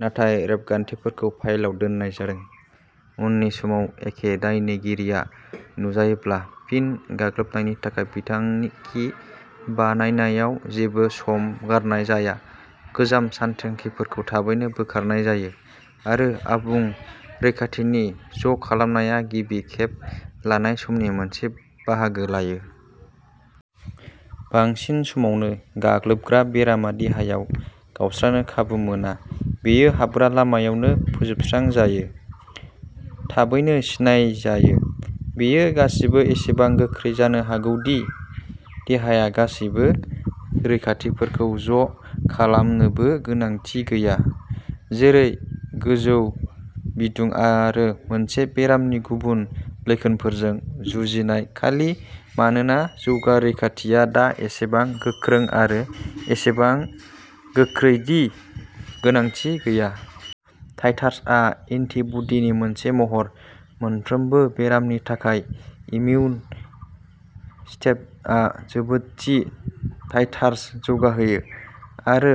नाथाय रेबगान्थिफोरखौ फाइलाव दोननाय जादों। उननि समाव एखे दायनिगिरिआ नुजायोब्ला, फिन गाग्लोबनायनि थाखाय बिथांखि बानायनायाव जेबो सम गारनाय जाया-गोजाम सानथांखिफोरखौ थाबैनो बोखारनाय जायो, आरो आबुं रैखाथिनि ज'खालामनाया गिबि खेब लानाय समनि मोनसे बाहागो लायो। बांसिन समावनो, गाग्लोबग्रा बेरामा देहायाव गावस्रानो खाबु मोना-बेयो हाबग्रा लामायावनो फोजोबस्रांजायो, थाबैनो सिनायजायो! बेयो गासिबो एसेबां गोख्रै जानो हागौ दि देहाया गासैबो रैखाथिफोरखौ ज'खालामनोबो गोनांथि गैया, जेरै गोजौ बिदुं आरो मोनसे बेरामनि गुबुन लैखोनफोरजों जुजिनाय-खालि मानोना जौगा रैखाथिआ दा एसेबां गोख्रों आरो एसेबां गोख्रै दि गोनांथि गैया! टाइटार्सआ "एन्टि-बडी" नि मोनसे महर। मोनफ्रोमबो बेरामनि थाखाय, इमिउन सिस्टेमआ जोबोद थि टाइटार्स जौगाहोयो, आरो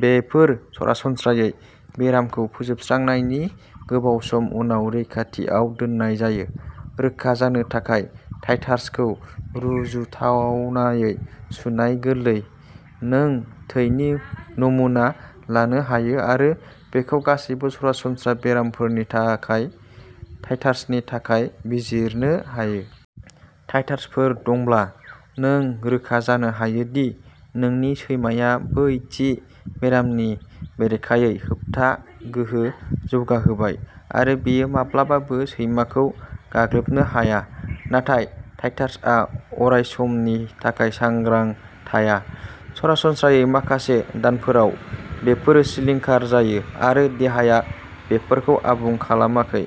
बेफोर सरासनस्रायै बेरामखौ फोजोबस्रांनायनि गोबाव सम उनाव रैखाथिआव दोननाय जायो। रोखा जानो थाखाय। टाइटार्सखौ रुजुथावनायै सुनाय गोरलै। नों थैनि नमुना लानो हायो आरो बेखौ गासैबो सरासनस्रा बेरामफोरनि थाखाय टाइटार्सनि थाखाय बिजिरनो हायो। टाइटार्सफोर दंब्ला, नों रोखा जानो हायो दि नोंनि सैमाया बै थि बेरामनि बेरेखायै होबथा गोहो जौगाहोबाय-आरो बेयो माब्लाबाबो सैमाखौ गाग्लोबनो हाया। नाथाय टाइटार्सआ अरायसमनि थाखाय सांग्रां थाया। सरासनस्रायै, माखासे दानफोराव, बेफोरो सिलिंखार जायो, आरो देहाया बेफोरखौ आबुं खालामाखै।